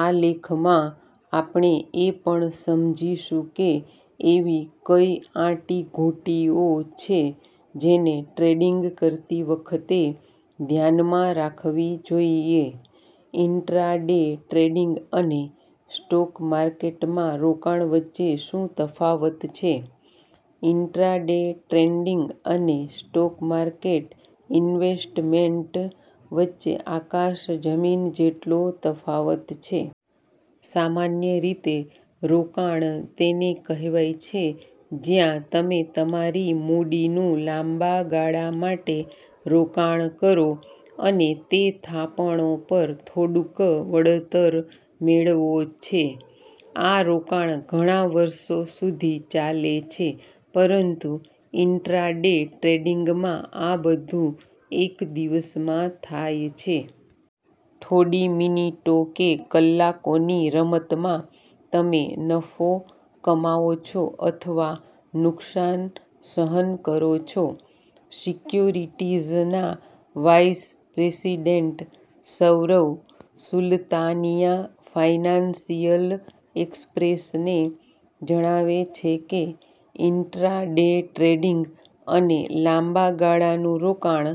આ લેખમાં, આપણે એ પણ સમજીશું કે એવી કઇ આંટીઘૂંટીઓ છે જેને ટ્રેડિંગ કરતી વખતે ધ્યાનમાં રાખવી જોઈએ. ઇન્ટ્રાડે ટ્રેડિંગ અને સ્ટોક માર્કેટમાં રોકાણ વચ્ચે શું તફાવત છે? ઈન્ટ્રા-ડે ટ્રેન્ડિંગ અને સ્ટોક માર્કેટ ઈન્વેસ્ટમેન્ટ વચ્ચે આકાશ-જમીન જેટલો તફાવત છે. સામાન્ય રીતે રોકાણ તેને કહેવાય છે, જ્યાં તમે તમારી મૂડીનું લાંબા ગાળા માટે રોકાણ કરો અને તે થાપણો પર થોડુંક વળતર મેળવો છે. આ રોકાણ ઘણા વર્ષો સુધી ચાલે છે પરંતુ ઇન્ટ્રા-ડે ટ્રેડિંગમાં આ બધું એક દિવસમાં થાય છે. થોડી મિનિટો કે કલાકોની રમતમાં, તમે નફો કમાવો છો અથવા નુકસાન સહન કરો છો. સિક્યોરિટીઝના vice president Saurav Sultania financial એક્સપ્રેસને જણાવે છે કે, "ઇન્ટ્રા-ડે ટ્રેડિંગ અને લાંબા ગાળાનું રોકાણ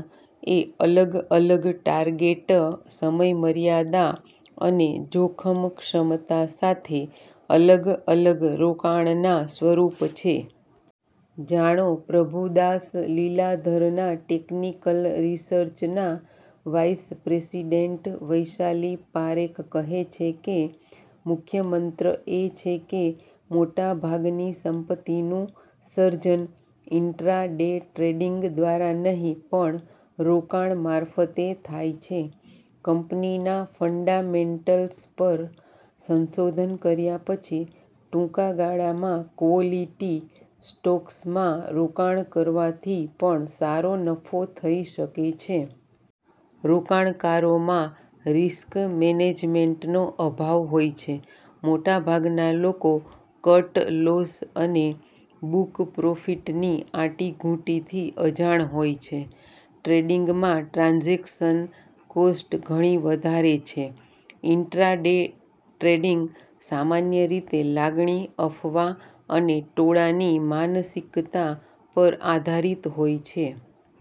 એ અલગ-અલગ ટાર્ગેટ, સમયમર્યાદા અને જોખમ ક્ષમતા સાથે અલગ-અલગ રોકાણના સ્વરૂપ છે. જાણો પ્રભુદાસ લીલાધરના ટેકનિકલ રિસર્ચના વાઇસ પ્રેસિડેન્ટ વૈશાલી પારેખ કહે છે કે, "મુખ્ય મંત્ર એ છે કે 'મોટાભાગની સંપત્તિનું સર્જન ઇન્ટ્રા – ડે ટ્રેડિંગ દ્વારા નહીં પણ રોકાણ મારફતે થાય છે. ' કંપનીના ફંડામેન્ટલ્સ પર સંશોધન કર્યા પછી ટૂંકા ગાળામાં ક્વોલિટી સ્ટોક્સમાં રોકાણ કરવાથી પણ સારો નફો થઈ શકે છે. રોકાણકારોમાં રિસ્ક મેનેજમેન્ટનો અભાવ હોય છે. મોટાભાગના લોકો 'કટ લોસ' અને 'બુક-પ્રોફિટ'ની આંટીઘૂંટીથી અજાણ હોય છે. ટ્રેડિંગમાં ટ્રાન્ઝેક્શન કોસ્ટ ઘણી વધારે છે. ઈન્ટ્રા-ડે ટ્રેડિંગ સામાન્ય રીતે લાગણી, અફવા અને ટોળાની માનસિકતા પર આધારિત હોય છે.